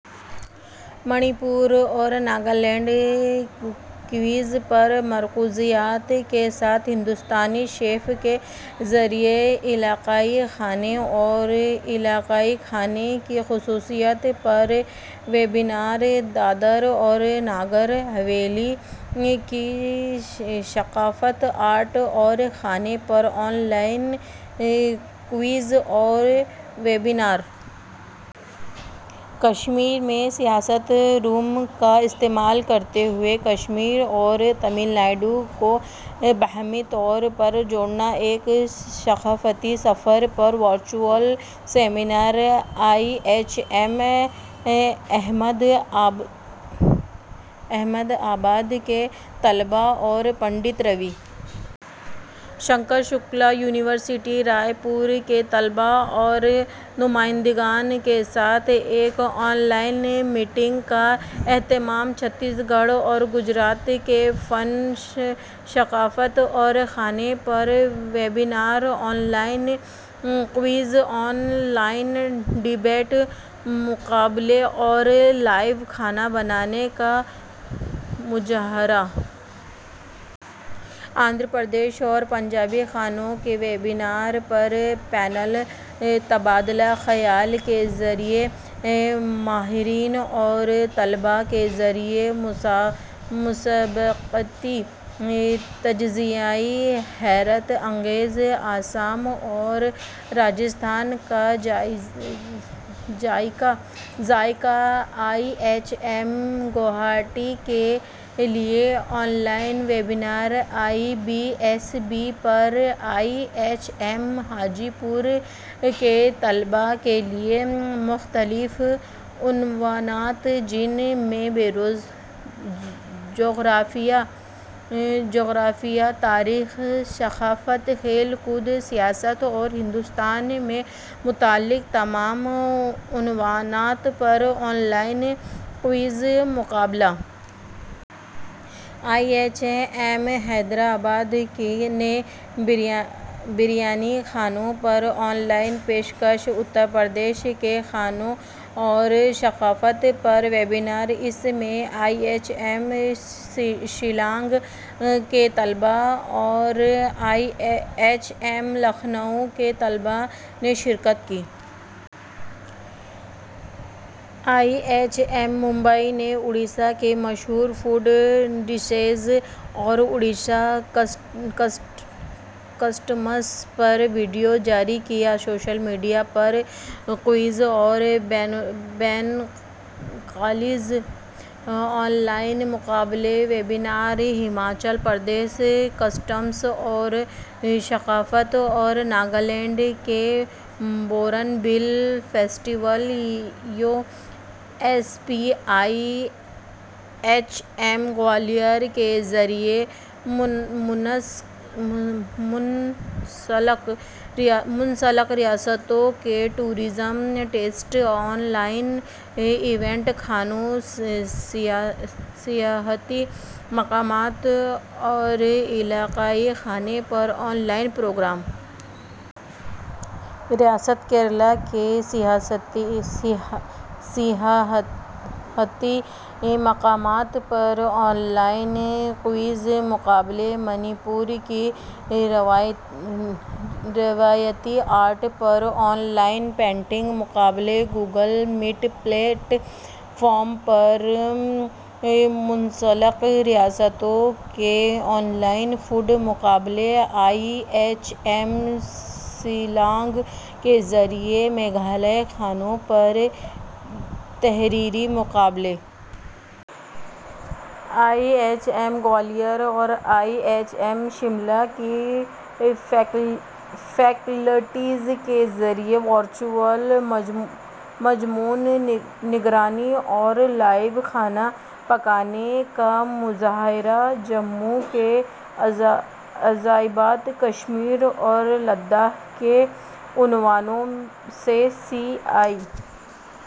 منی پور اور ناگالینڈ کوئز پر مرکوزیت کے ساتھ ہندوستانی شیف کے ذریعے علاقائی کھانے اور علاقائی کھانے کی خصوصیات پر ویبنار۔ دادر اور ناگر حویلی کی ثقافت، آرٹ اور کھانے پر آن لائن کوئز اور ویبنار۔ کشمیر میں سیاحت روم کا استعمال کرتے ہوئے کشمیر اور تمل ناڈو کو باہمی طور پر جوڑنا، ایک ثقافتی سفر پر virtual seminar. I H M Ahmedabad کے طلباء اور پنڈت روی شنکر شکلا یونیورسٹی رائے پور کے طلبا اور نمائندگان کے ساتھ ایک آن لائن میٹنگ کا اہتمام، چھتیس گڑھ اور گجرات کے فن، ثقافت اور کھانے پر webinar, online quiz, online debate, مقابلے اور لائیو کھانا بنانے کا مظاہرہ۔ آندھرا پردیش اور پنجابی کھانوں کے ویبنار پر پینل تبادلہ خیال کے ذریعے ماہرین اور طلباء کے ذریعہ مسابقتی تجزیہ، حیرت انگیز آسام اور راجستھان کا ذائقہ، آئی ایچ ایم گوہاٹی کے لیے online webinar, E B S B پر I H M Hajipur کے طلباء کے لیے مختلف عنوانات جن میں جغرافیہ، تاریخ، ثقافت، کھیل کود، سیاحت اور ہندوستان سے متعلق تمام عنوانات پر آن لائن کوئز مقابلہ۔ I H M Hyderabad نے ہریانوی کھانوں پر آن لائن پیش کش، اتر پردیش کے کھانوں اور ثقافت پر ویبنار، اس میں آئی ایچ ایم شیلانگ کے طلباء اور آئی ایچ ایم لکھنؤ کے طلباء نے شرکت کی۔ آئی ایچ ایم ممبئی نے اڈیشہ کی مشہور فوڈ ڈشیز اور اڈیشہ کسٹمز پر ویڈیو جاری کیا، سوشل میڈیا پر کوئز اور بین کالج آن لائن مقابلے۔ ویبنار، ہماچل پردیش کسٹمز اور ثقافت اور ناگالینڈ کے hornbill festival U S P, I H M Gwalior کے ذریعہ منسلک ریاستوں کے tourism state online event کھانوں، سیاحتی مقامات اور علاقائی کھانے پر آن لائن پروگرام۔ ریاست کیرالہ کے سیاحتی مقامات پر آن لائن کوئز مقابلے، منی پور کی روایتی آرٹ پر آن لائن پینٹنگ مقابلے، گوگل میٹ پلیٹ فارم پر منسلک ریاستوں کے آن لائن فوڈ مقابلے، آئی ایچ ایم شیلانگ کے ذریعے میگھالیہ کھانوں پر تحریری مقابلے۔ آئی ایچ ایم گوالیار اور آئی ایچ ایم شملہ کی فیکلٹیز کے ذریعے ورچوئل مضمون نگاری اور لائیو کھانے پکانے کا مظاہرہ۔ جموں کے عجائبات، کشمیر اور لداخ کے عنوان سے سی آئی